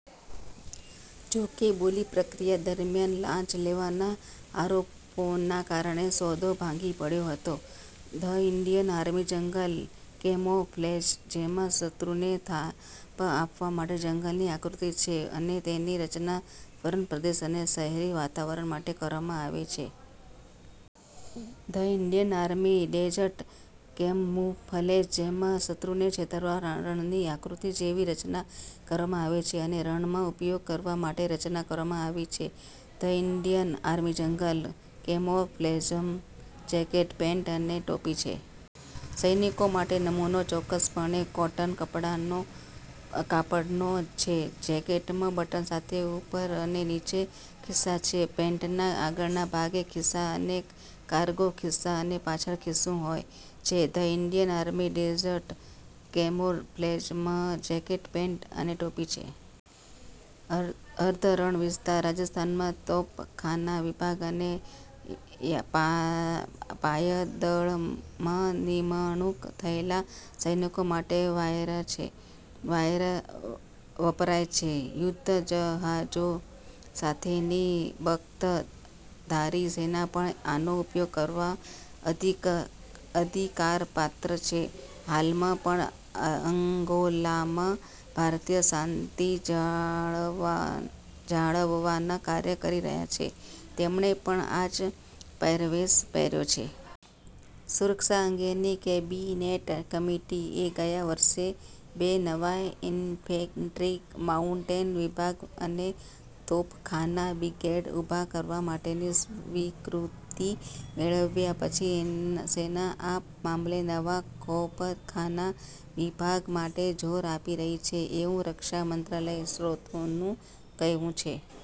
જો કે બોલી પ્રક્રિયા દરમિયાન લાંચ લેવાના આરોપોના કારણે સોદો ભાંગી પડયો હતો. The Indian army jungle camouflage જેમાં શત્રુને થાપ આપવા માટે જંગલની આકૃતિ છે અને તેેની રચના વનપ્રદેશ અને શહેરી વાતાવરણ માટે કરવામાં આવી છે. The Indian army desert camouflage, જેમાં શત્રુને છેતરવા રણની આકૃતિ જેવી રચના કરવામાં આવી છે અને રણમાં ઉપયોગ કરવા માટે રચના કરવામાં આવી છે. ધ ઈન્ડિયન આર્મી જંગલ કેમોફ્લેજમાં જેકેટ, પેન્ટ અને ટોપી છે. સૈનિકો માટે નમૂનો ચોક્કસપણે કોટન કાપડનો છે. જેકેટમાં બટન સાથે ઉપર અને નીચે ખિસ્સા છે. પેન્ટના આગળના ભાગે ખિસ્સા અને કારગો ખિસ્સા અને પાછળ ખિસ્સું હોય છે. ધ ઈન્ડિયન આર્મી ડેઝર્ટ કેમોફ્લેજમાં જેકેટ, પેન્ટ અને ટોપી છે. અર્ધ રણ વિસ્તાર રાજસ્થાનમાં તોપખાના વિભાગ અને પાયદળમાં નિમણૂક થયેલા સૈનિકો માટે વપરાય છે. યુદ્ધ જહાજો સાથેની બખ્તરધારી સેના પણ આનો ઉપયોગ કરવા અધિકારપાત્ર છે. હાલમાં પણ અંગોલામાં ભારતીય શાંતિ જાળવવાના કાર્ય કરી રહ્યા છે, તેમણે પણ આજ પહેરવેશ પહેર્યો છે. સુરક્ષા અંગેની કેબિનેટ કમિટિ એ ગયા વર્ષે બે નવા ઈન્ફેન્ટ્રી, માઉટેન વિભાગ અને તોપખાના બ્રિગેડ ઊભા કરવા માટેની સ્વીકૃતિ મેળવ્યા પછી, સેના આ મામલે નવા તોપખાના વિભાગ માટે જોર આપી રહી છે, એવું રક્ષા મંત્રાલય સ્ત્રોતોનું કહેવું છે.